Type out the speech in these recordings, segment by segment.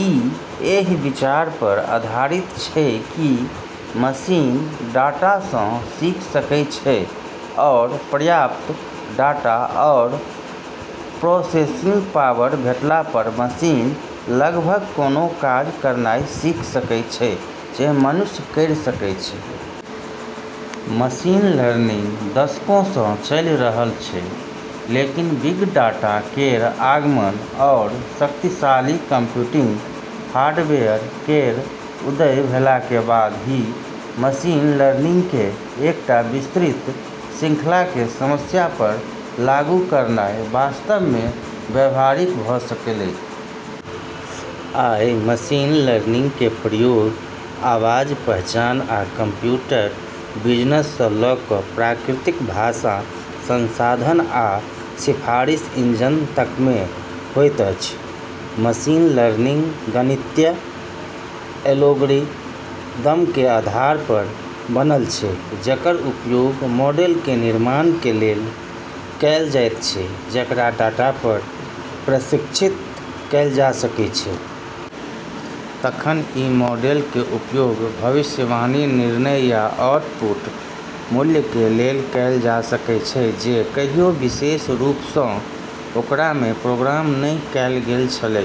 ई एहि विचार पर आधारित छै कि मशीन डाटासँ सीख सकै छै, आओर पर्याप्त डाटा आओर प्रोसेसिंग पावर भेटला पर मशीन लगभग कोनो काज करनाइ सीख सकै छै जे मनुष्य करि सकै छै। मशीन लर्निंग दशकोंसँ चलि रहल छै, लेकिन बिग डाटा केर आगमन आओर शक्तिशाली कंप्यूटिंग हार्डवेयर केर उदय भेलाके बाद ही मशीन लर्निंगके एकटा विस्तृत श्रृंखलाके समस्या पर लागू करनाइ वास्तवमे व्यावहारिक भ' सकलै । आइ मशीन लर्निंग के प्रयोग आवाज़ पहचान आ कम्प्यूटर विजनसँ ल' क' प्राकृतिक भाषा संसाधन आ सिफारिश इंजन तकमे होइत अछि। मशीन लर्निंग गणितीय एल्गोरिदमके आधार पर बनल छै जेकर उपयोग मॉडलके निर्माणके लेल कैल जाइत छै जेकरा डाटा पर प्रशिक्षित कैल जा सकै छै। तखन ई मॉडलके उपयोग भविष्यवाणी, निर्णय या आउटपुट मूल्यके लेल कैल जा सकै छै जे कहियो विशेष रूपसँ ओकरामे प्रोग्राम नहि कैल गेल छलै।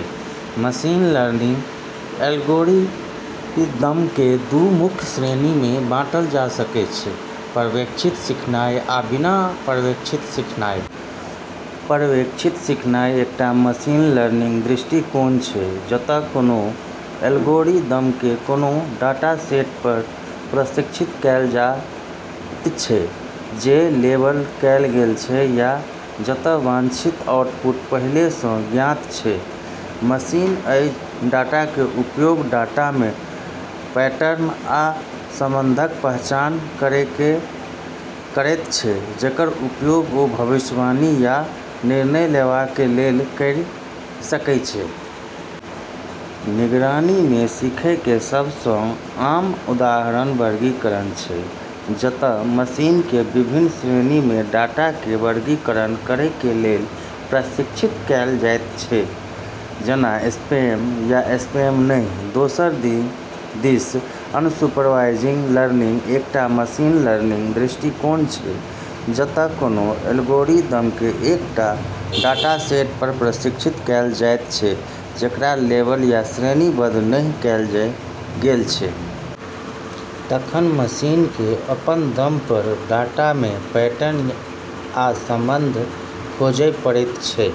मशीन लर्निंग एल्गोरिदमके दू मुख्य श्रेणीमे बांटल जा सकै छै: पर्यवेक्षित सिखनाइ आ बिना पर्यवेक्षित सिखनाइ। पर्यवेक्षित सिखनाइ एकटा मशीन लर्निंग दृष्टिकोण छै जत' कोनो एल्गोरिदमके कोनो डाटासेट पर प्रशिक्षित कैल जायत छै जे लेबल कैल गेल छै, या जत' वांछित आउटपुट पहिले सँ ज्ञात छै। मशीन अइ डाटाके उपयोग डाटामे पैटर्न आ संबंधक पहचान करैके करैत छै जेकर उपयोग ओ भविष्यवाणी या निर्णय लेबाके लेल करि सकै छै। निगरानीमे सीखैके सबसँ आम उदाहरण वर्गीकरण छै, जत' मशीनके विभिन्न श्रेणीमे डाटाके वर्गीकरण करैके लेल प्रशिक्षित कैल जाइत छै, जेना स्पैम या स्पैम नहि। दोसर दिस, अनसुपरवाइज लर्निंग एकटा मशीन लर्निंग दृष्टिकोण छै जत' कोनो एल्गोरिदमके एकटा डाटासेट पर प्रशिक्षित कैल जाइत छै जेकरा लेबल या श्रेणीबद्ध नहि कैल गेल छै। तखन मशीनके अपन दम पर डाटामे पैटर्न आ संबंध खोजै पड़ैत छै।